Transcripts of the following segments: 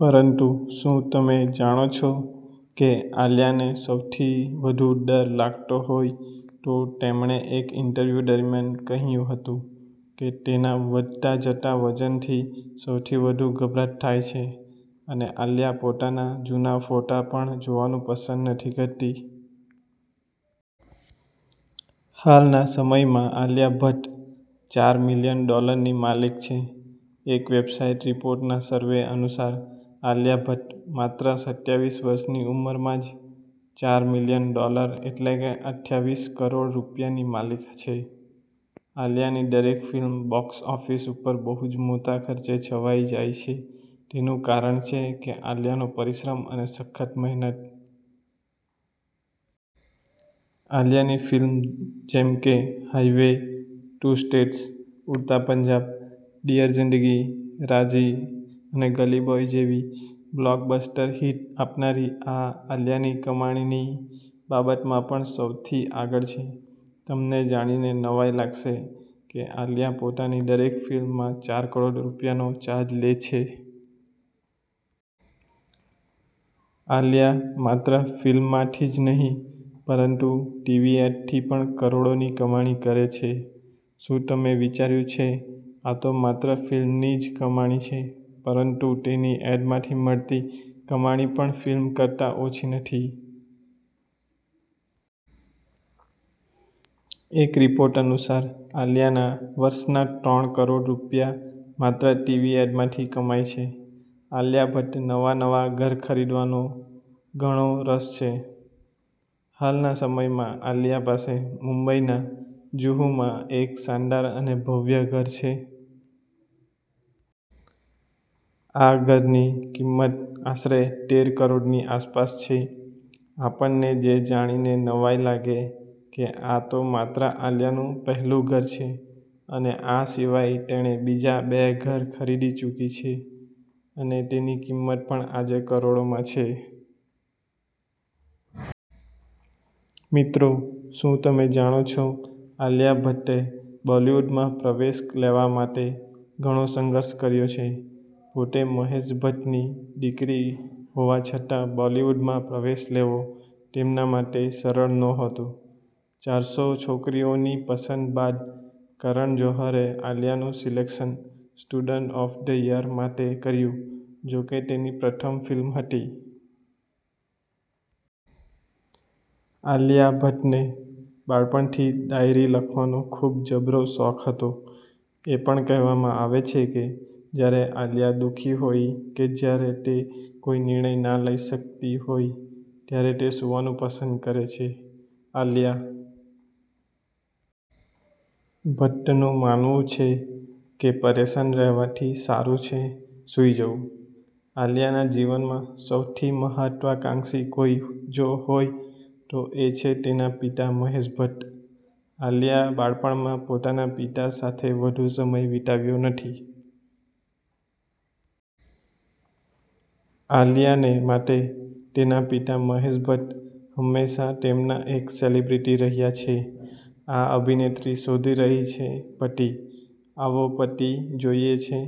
પરંતુ શું તમે જાણો છો કે આલિયાને સૌથી વધુ ડર લાગતો હોય તો તેમણે એક ઇન્ટરવ્યૂ દરમિયાન કહ્યું હતું કે તેના વધતા જતા વજનથી સૌથી વધુ ગભરાટ થાય છે. અને આલિયા પોતાના જુના ફોટા પણ જોવાનું પસંદ નથી કરતી. હાલના સમયમાં આલિયા ભટ્ટ ચાર મિલિયન ડોલરની માલિક છે. એક વેબસાઈટ રિપોર્ટના સર્વે અનુસાર આલિયા ભટ્ટ માત્ર સત્યાવીસ વર્ષની ઉંમરમાં જ ચાર મિલિયન ડોલર એટલે કે અથ્યાવીસ કરોડ રૂપિયાની માલિક છે. આલિયાની દરેક ફિલ્મ બોક્સ ઓફિસ ઉપર બહુ જ મોટા ખર્ચે છવાઈ જાય છે તેનું કારણ છે કે આલિયાનો પરિશ્રમ અને સખત મહેનત. આલિયાની ફિલ્મ જેમકે highway, two states, Udta Punjab, dear Zindagi, Raazi અને ગલી બોય જેવી બ્લોક બસ્ટર હિટ આપનારી આ આલિયાની કમાણીની બાબતમાં પણ સૌથી આગળ છે. તમને જાણીને નવાઈ લાગશે કે આલિયા પોતાની દરેક ફિલ્મમાં ચાર કરોડ રૂપિયાનો ચાર્જ લે છે. આલિયા માત્ર ફિલ્મ માંથી જ નહિ પરંતુ ટીવી એડ થી પણ કરોડોની કમાણી કરે છે. શું તમે વિચાર્યું છે આતો માત્ર ફિલ્મની જ કમાણી છે પરંતુ તેની એડ માંથી મળતી કમાણી પણ ફિલ્મ કરતા ઓછી નથી. એક રિપોર્ટ અનુસાર આલિયા વર્ષના ત્રણ કરોડ રૂપિયા માત્ર ટીવી એડ માંથી કમાય છે. આલિયા ભટ્ટ નવા નવા ઘર ખરીદવાનો ઘણો રસ છે. હાલના સમયમાં આલિયા પાસે મુંબઈના જુહુમાં એક શાનદાર અને ભવ્ય ઘર છે. આ ઘરની કિંમત આશરે તેર કરોડની આસપાસ છે. આપણને જાણીને નવાઈ લાગે કે આ તો માત્ર આલિયા નું પહેલું ઘર છે અને આ સિવાય તેણે બીજા બે ઘર ખરીદી ચૂકી છે અને તેની કિંમત પણ આજે કરોડોમાં છે. મિત્રો શું તમે જાણો છો? આલિયા ભટ્ટે બોલિવૂડમાં પ્રવેશ લેવા માટે ઘણો સંઘર્ષ કર્યો છે. પોતે મહેશ ભટ્ટની દીકરી હોવા છતાં બોલિવૂડમાં પ્રવેશ લેવો તેમના માટે સરળ નહોતું ચારસો છોકરીઓની પસંદ બાદ કરણ જોહરે આલિયાનું સિલેક્શન 'સ્ટુડન્ટ ઓફ ધ યર'માટે કર્યું જોકે તેની પ્રથમ ફિલ્મ હતી. આલિયા ભટ્ટ ને બાળપણથી ડાયરી લખવાનો ખૂબ જબરો શોખ હતો. એ પણ કહેવામાં આવે છે કે જ્યારે આલિયા દુઃખી હોય કે જ્યારે તે કોઈ નિર્ણય ના લઈ શક્તિ હોય ત્યારે તે સૂવાનું પસંદ કરે છે .આલિયા ભટ્ટ નું માનવું છે કે પરેશાન રહેવાથી સારું છે સુઈ જવું. આલિયાના જીવનમાં સૌથી મહત્વકાંક્ષી કોઈ જો હોય તો એ છે તેના પિતા મહેશ ભટ્ટ. આલિયા બાળપણમાં પોતાના પિતા સાથે વધુ સમય વિતાવ્યો નથી. આલિયા ને માટે તેના પિતા મહેશ ભટ્ટ હંમેશા તેમના એક સેલિબ્રિટી રહ્યા છે. આ અભિનેત્રી શોધી રહી છે પતિ, આવો પતિ જોઈએ છે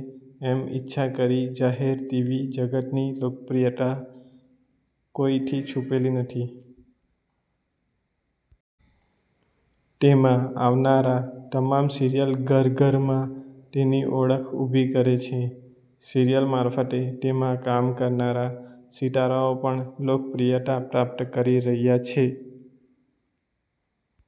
એમ ઈચ્છા કરી જાહેર ટીવી જગત ની લોકપ્રિયતા કોઈ થી છુપેલી નથી. તેમાં આવનારા તમામ સિરિયલ ઘર ઘર માં તેની ઓળખ ઉભી કરે છે. સિરિયલ મારફતે તેમાં કામ કરનારા સિતારાઓ પણ લોકપ્રિયતા પ્રાપ્ત કરી રહ્યા છે.